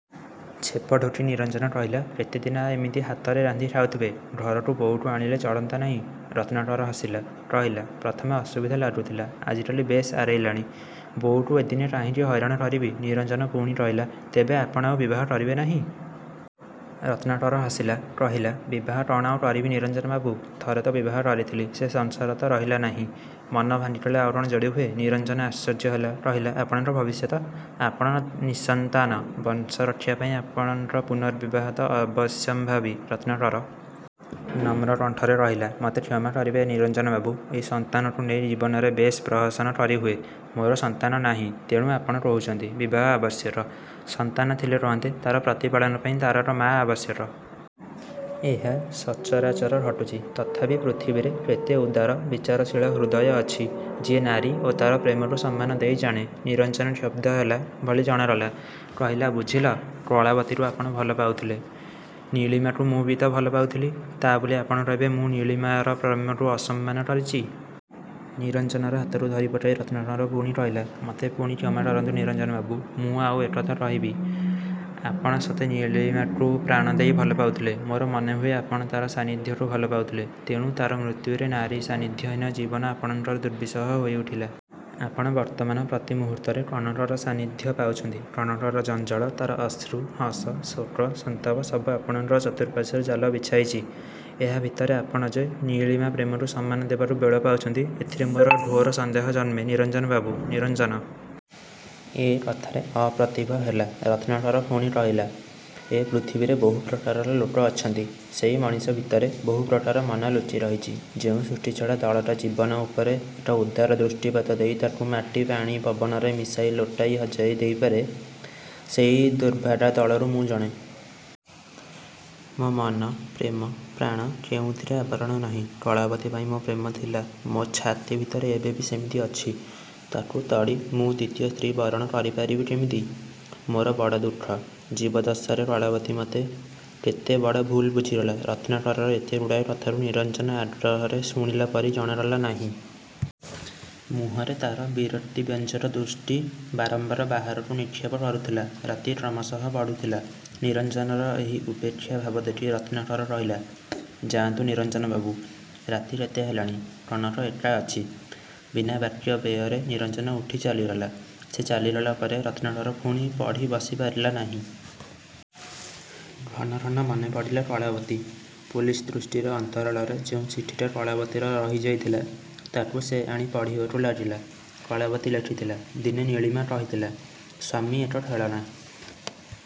ଛେପ ଢୋକି ନିରଞ୍ଜନ କହିଲା, "କେତେଦିନ ଏମିତି ହାତରେ ରାନ୍ଧି ଖାଉଥିବେ? ଘରକୁ ବୋଉକୁ ଆଣିଲେ ଚଳନ୍ତା ନାଇଁ?" ରତ୍ନାକର ହସିଲା, କହିଲା, "ପ୍ରଥମେ ଅସୁବିଧା ଲାଗୁଥିଲା, ଆଜିକାଲି ବେଶ୍ ଆରେଇଲାଣି। ବୋଉକୁ ଏଦିନେ କାହିଁକି ହଇରାଣ କରିବି?" ନିରଞ୍ଜନ ପୁଣି କହିଲା, "ତେବେ ଆପଣ ଆଉ ବିବାହ କରିବେ ନାହିଁ?" ରତ୍ନାକର ହସିଲା, କହିଲା, "ବିବାହ କ'ଣ ଆଉ କରିବି ନିରଞ୍ଜନବାବୁ? ଥରେ ବିବାହ ତ କରିଥିଲି, ସେ ସଂସାର ତ ରହିଲା ନାହିଁ! ମନ ଭାଙ୍ଗିଗଲେ ଆଉ କଣ ଯୋଡ଼ି ହୁଏ!" ନିରଞ୍ଜନ ଆଶ୍ଚର୍ଯ୍ୟ ହେଲା, କହିଲା, "ଆପଣଙ୍କ ଭବିଷ୍ୟତ? ଆପଣ ନିଃସନ୍ତାନ। ବଂଶରକ୍ଷା ପାଇଁ ଆପଣଙ୍କ ପୁନର୍ବିବାହ ତ ଅବଶ୍ୟମ୍ଭାବୀ।"ରତ୍ନାକର ନମ୍ର କଣ୍ଠରେ କହିଲା, "ମତେ କ୍ଷମା କରିବେ ନିରଞ୍ଜନବାବୁ! ଏଇ ସନ୍ତାନକୁ ନେଇ ଜୀବନରେ ବେଶ୍ ପ୍ରହସନ କରି ହୁଏ। ମୋର ସନ୍ତାନ ନାହିଁ, ତେଣୁ ଆପଣ କହୁଚନ୍ତି, ବିବାହ ଆବଶ୍ୟକ। ସନ୍ତାନ ଥିଲେ କହନ୍ତେ, ତାର ପ୍ରତିପାଳନ ପାଇଁ ତାର ଏକ ମାଆ ଆବଶ୍ୟକ। ଏହା ସଚରାଚର ଘଟୁଚି। ତଥାପି ପୃଥିବୀରେ କେତେ ଉଦାର, ବିଚାରଶୀଳ ହୃଦୟ ଅଛି, ଯିଏ ନାରୀ ଓ ତାର ପ୍ରେମକୁ ସମ୍ମାନ ଦେଇ ଜାଣେ!" ନିରଞ୍ଜନ କ୍ଷୁବ୍ଧ ହେଲା ଭଳି ଜଣାଗଲା। କହିଲା, "ବୁଝିଲ, କଳାବତୀକୁ ଆପଣ ଭଲପାଉଥିଲେ! ନୀଳିମାକୁ ମୁଁ ବି ତ ଭଲପାଉଥିଲି, ତା' ବୋଲି ଆପଣ କହିବେ, ମୁଁ ନୀଳିମାର ପ୍ରେମକୁ ଅସମ୍ମାନ କରିଚି?" ନିରଞ୍ଜନର ହାତକୁ ଧରି ପକାଇ ରତ୍ନାକର ପୁଣି କହିଲା, "ମୋତେ ପୁଣି କ୍ଷମା କରନ୍ତୁ ନିରଞ୍ଜନବାବୁ। ମୁଁ ଆଉ ଏକ କଥା କହିବି। ଆପଣ ସତେ ନୀଳିମାକୁ ପ୍ରାଣ ଦେଇ ଭଲପାଉଥିଲେ? ମୋର ମନେହୁଏ ଆପଣ ତାର ସାନ୍ନିଧ୍ୟକୁ ଭଲପାଉଥିଲେ। ତେଣୁ ତାର ମୃତ୍ୟୁରେ ନାରୀ ସାନ୍ନିଧ୍ୟହୀନ ଜୀବନ ଆପଣଙ୍କର ଦୁର୍ବିସହ ହୋଇ ଉଠିଲା। ଆପଣ ବର୍ତ୍ତମାନ ପ୍ରତି ମୁହୂର୍ତ୍ତରେ କନକର ସାନ୍ନିଧ୍ୟ ପାଉଚନ୍ତି। କନକର ଜଞ୍ଜାଳ, ତାର ଅଶ୍ରୁ, ହସ, ଶୋକ, ସନ୍ତାପ ସବୁ ଆପଣଙ୍କ ଚତୁଃପାର୍ଶ୍ୱରେ ଜାଲ ବିଛାଇଚି। ଏହା ଭିତରେ ଆପଣ ଯେ ନୀଳିମା ପ୍ରେମକୁ ସମ୍ମାନ ଦେବାକୁ ବେଳ ପାଉଚନ୍ତି ଏଥିରେ ମୋର ଘୋର ସନ୍ଦେହ ଜନ୍ମେ ନିରଞ୍ଜନବାବୁ।"ନିରଞ୍ଜନ ଏ କଥାରେ ଅପ୍ରତିଭ ହେଲା। ରତ୍ନାକର ପୁଣି କହିଲା, "ଏ ପୃଥିବୀରେ ବହୁ ପ୍ରକାରର ଲୋକ ଅଛନ୍ତି। ସେଇ ମଣିଷ ଭିତରେ ବହୁ ପ୍ରକାର ମନ ଲୁଚି ରହିଚି। ଯେଉଁ ସୃଷ୍ଟିଛଡ଼ା ଦଳଟା ଜୀବନ ଉପରେ ଏକ ଉଦାର ଦୃଷ୍ଟିପାତ ଦେଇ, ତାକୁ ମାଟି ପାଣି ପବନରେ ମିଶାଇ ଲୋଟାଇ ହଜାଇ ଦେଇପାରେ, ସେଇ ଦୁର୍ଭାଗା ଦଳରୁ ମୁଁ ଜଣେ। ମୋ ମନ ପ୍ରେମ ପ୍ରାଣ କେଉଁଥିରେ ଆବରଣ ନାହିଁ, କଳାବତୀ ପାଇଁ ମୋ ପ୍ରେମ ଥିଲା, ମୋ ଛାତି ଭିତରେ ଏବେ ବି ସେମିତି ଅଛି। ତାକୁ ତଡ଼ି ମୁଁ ଦ୍ଵିତୀୟ ସ୍ତ୍ରୀ ବରଣ କରିପାରିବି କେମିତି? ମୋର ବଡ଼ ଦୁଃଖ, ଜୀବଦ୍ଦଶାରେ କଳାବତୀ ମତେ କେତେ ବଡ଼ ଭୁଲ୍ ବୁଝିଗଲା"ରତ୍ନାକରର ଏତେଗୁଡ଼ାଏ କଥାକୁ ନିରଞ୍ଜନ ଆଗ୍ରହରେ ଶୁଣିଲା ପରି ଜଣାଗଲା ନାହିଁ। ମୁହଁରେ ତାର ବିରକ୍ତିବ୍ୟଞ୍ଜକ ଦୃଷ୍ଟି ବାରମ୍ବାର ବାହାରକୁ ନିକ୍ଷେପ କରୁଥିଲା। ରାତି କ୍ରମଶଃ ବଢ଼ୁଥିଲା, ନିରଞ୍ଜନର ଏହି ଉପେକ୍ଷା ଭାବ ଦେଖି ରତ୍ନାକର କହିଲା, "ଯାଆନ୍ତୁ ନିରଞ୍ଜନବାବୁ, ରାତି କେତେ ହେଲାଣି, କନକ ଏକା ଅଛି।"ବିନା ବାକ୍ୟ ବ୍ୟୟରେ ନିରଞ୍ଜନ ଉଠି ଚାଲିଗଲା। ସେ ଚାଲିଗଲା ପରେ ରତ୍ନାକର ପୁଣି ପଢ଼ି ବସିଲା ପାରିଲା ନାହିଁ। ଘନଘନ ମନେପଡ଼ିଲା କଳାବତୀ। ପୋଲିସ ଦୃଷ୍ଟିର ଅନ୍ତରାଳରେ ଯେଉଁ ଚିଠିଟା କଳାବତୀର ରହି ଯାଇଥିଲା, ତାକୁ ସେ ଆଣି ପଢ଼ିବାକୁ ଲାଗିଲା କଳାବତୀ ଲେଖିଥିଲା, "ଦିନେ ନୀଳିମା କହିଥିଲା, ସ୍ଵାମୀ ଏକ ଖେଳଣା,"